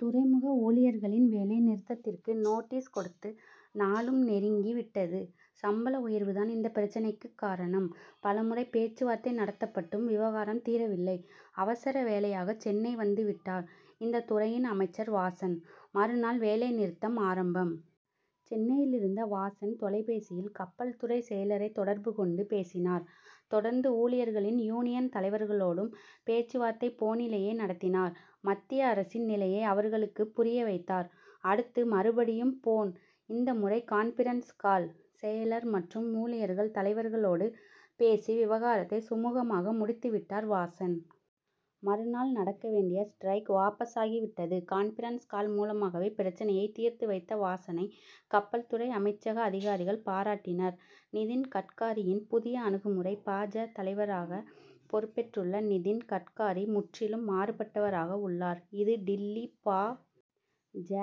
துறைமுக ஊழியர்களின் வேலை நிறுத்தத்திற்கு நோட்டீஸ் கொடுத்து நாளும் நெருங்கி விட்டது. சம்பள உயர்வுதான் இந்த பிரச்னைக்குக் காரணம். பலமுறை பேச்சு வார்த்தை நடத்தப்பட்டும் விவகாரம் தீரவில்லை. அவசர வேலையாக சென்னை வந்து விட்டார் இந்த துறையின் அமைச்சர் வாசன். மறுநாள் வேலை நிறுத்தம் ஆரம்பம். சென்னையிலிருந்த வாசன், தொலைபேசியில் கப்பல்துறை செயலரை தொடர்பு கொண்டு பேசினார். தொடர்ந்து ஊழியர்களின் யூனியன் தலைவர்களோடும் பேச்சு வார்த்தை போனிலேயே நடத்தினார். மத்திய அரசின் நிலையை அவர்களுக்கு புரிய வைத்தார். அடுத்து மறுபடியும் போன், இந்த முறை கான்பிரன்ஸ் கால். செயலர் மற்றும் ஊழியர்கள் தலைவர்களோடு பேசி, விவகாரத்தை சுமுகமாக முடித்து விட்டார் வாசன். மறுநாள் நடக்க வேண்டிய ஸ்டிரைக் வாபஸ் ஆகிவிட்டது. 'கான்பிரன்ஸ் கால்' மூலமாகவே பிரச்னையை தீர்த்து வைத்த வாசனை கப்பல் துறை அமைச்சக அதிகாரிகள் பாராட்டினர். நிதின் கட்காரியின் புதிய அணுகுமுறை பா. ஜ., தலைவராக பொறுப்பேற்றுள்ள நிதின் கட்காரி, முற்றிலும் மாறுபட்டவராக உள்ளார். இது டில்லி பா. ஜ.,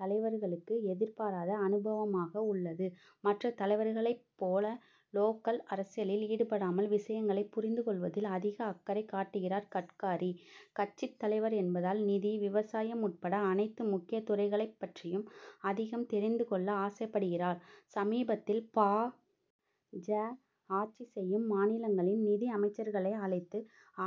தலைவர்களுக்கு எதிர்பாராத அனுபவமாக உள்ளது. மற்ற தலைவர்களைப் போல லோக்கல் அரசியலில் ஈடுபடாமல் விஷயங்களை புரிந்து கொள்வதில் அதிக அக்கறை காட்டுகிறார் கட்காரி. கட்சித் தலைவர் என்பதால், நிதி, விவசாயம் உட்பட அனைத்து முக்கிய துறைகளைப் பற்றியும் அதிகம் தெரிந்து கொள்ள ஆசைப்படுகிறார். சமீபத்தில், பா. ஜ. ஆட்சி செய்யும் மாநிலங்களின் நிதி அமைச்சர்களை அழைத்து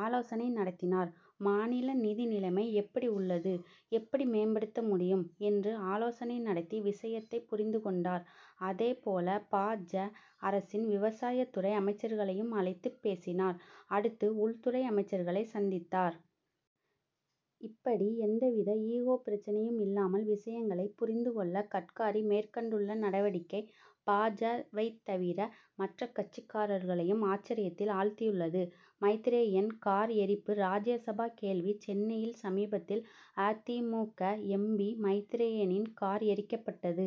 ஆலோசனை நடத்தினார். 'மாநில நிதி நிலைமை எப்படி உள்ளது? எப்படி மேம்படுத்த முடியும்? என்று ஆலோசனை நடத்தி விஷயத்தை புரிந்து கொண்டார். அதேபோல பா. ஜ., அரசின் விவசாயத் துறை அமைச்சர்களையும் அழைத்துப் பேசினார். அடுத்து உள்துறை அமைச்சர்களை சந்தித்தார். இப்படி எந்தவித ஈகோ பிரச்னையும் இல்லாமல் விஷயங்களைப் புரிந்துகொள்ள கட்காரி மேற்கொண்டுள்ள நடவடிக்கை பா. ஜ.,வைத் தவிர மற்ற கட்சிக்காரர்களையும் ஆச்சரியத்தில் ஆழ்த்தியுள்ளது. மைத்ரேயன் கார் எரிப்பு ராஜ்ய சபா கேள்வி சென்னையில் சமீபத்தில் அ. தி. மு. க., எம். பி., மைத்ரேயனின் கார் எரிக்கப்பட்டது.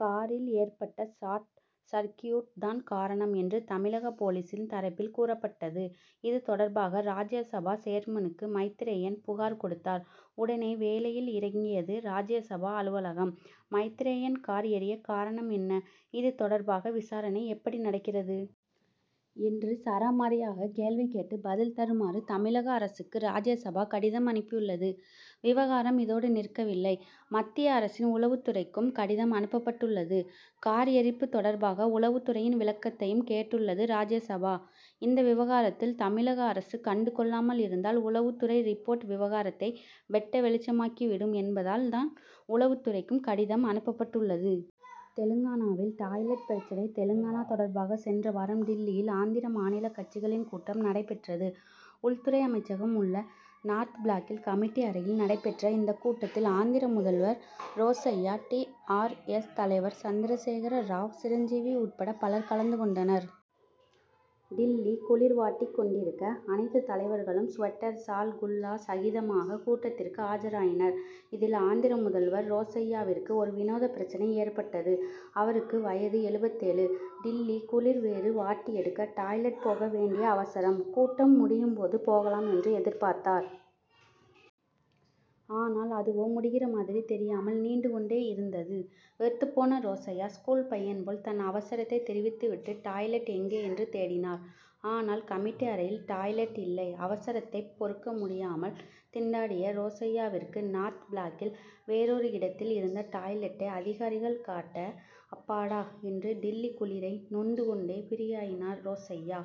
காரில் ஏற்பட்ட ஷார்ட் சர்க்கியூட் தான் காரணம் என்று தமிழக போலீஸ் தரப்பில் கூறப்பட்டது. இது தொடர்பாக ராஜ்ய சபா சேர்மனுக்கு மைத்ரேயன் புகார் கொடுத்தார். உடனே வேலையில் இறங்கியது ராஜ்யசபா அலுவலகம். மைத்ரேயன் கார் எரிய காரணம் என்ன? இது தொடர்பாக விசாரணை எப்படி நடக்கிறது? என்று சரமாரியாகக் கேள்வி கேட்டு பதில் தருமாறு தமிழக அரசுக்கு ராஜ்யசபா கடிதம் அனுப்பியுள்ளது. விவகாரம் இதோடு நிற்கவில்லை. மத்திய அரசின் உளவுத்துறைக்கும் கடிதம் அனுப்பப் பட்டுள்ளது. கார் எரிப்பு தொடர்பாக உளவுத் துறையின் விளக்கத்தையும் கேட்டுள்ளது ராஜ்யசபா. இந்த விவகாரத்தில் தமிழக அரசு கண்டுகொள்ளாமல் இருந்தால் உளவுத்துறை ரிப்போர்ட் விவகாரத்தை வெட்ட வெளிச்சமாக்கிவிடும் என்பதால் தான் உளவுத்துறைக்கும் கடிதம் அனுப்பப்பட்டுள்ளது. தெலுங்கானாவில் டாய்லெட் பிரச்னை தெலுங்கானா தொடர்பாக சென்ற வாரம் டில்லியில் ஆந்திர மாநில கட்சிகளின் கூட்டம் நடைபெற்றது. உள்துறை அமைச்சகம் உள்ள நார்த் ப்ளாக்கில் கமிட்டி அறையில் நடைபெற்ற இந்தக் கூட்டத்தில், ஆந்திர முதல்வர் ரோசய்யா, டி. ஆர். எஸ்., தலைவர் சந்திரசேகர ராவ், சிரஞ்சீவி உட்பட பலர் கலந்துகொண்டனர். டில்லி குளிர் வாட்டிக் கொண்டிருக்க, அனைத்து தலைவர்களும் ஸ்வெட்டர், ஷால், குல்லா சகிதமாக கூட்டத்திற்கு ஆஜராயினர். இதில், ஆந்திர முதல்வர் ரோசய்யாவிற்கு ஒரு வினோத பிரச்னை ஏற்பட்டது. அவருக்கு வயது எழுபத்தேழு. டில்லி குளிர் வேறு வாட்டி எடுக்க, டாய்லெட் போக வேண்டிய அவசரம். கூட்டம் முடியும் போது போகலாம் என்று எதிர்பார்த்தார். ஆனால், அதுவோ முடிகிற மாதிரி தெரியாமல் நீண்டுகொண்டே இருந் தது. வெறுத்துப்போன ரோசய்யா, ஸ்கூல் பையன் போல தன் அவசரத்தை தெரிவித்துவிட்டு டாய்லெட் எங்கே என்று தேடினார். ஆனால், கமிட்டி அறையில் டாய்லெட் இல்லை. அவசரத்தைப் பொறுக்க முடியாமல் திண்டாடிய ரோசய்யாவிற்கு நார்த் ப்ளாக்கில் வேறொரு இடத்தில் இருந்த டாய்லெட்டை அதிகாரிகள் காட்ட, அப்பாடா என்று டில்லி குளிரை நொந்து கொண்டே ப்ரீயானார் ரோசய்யா.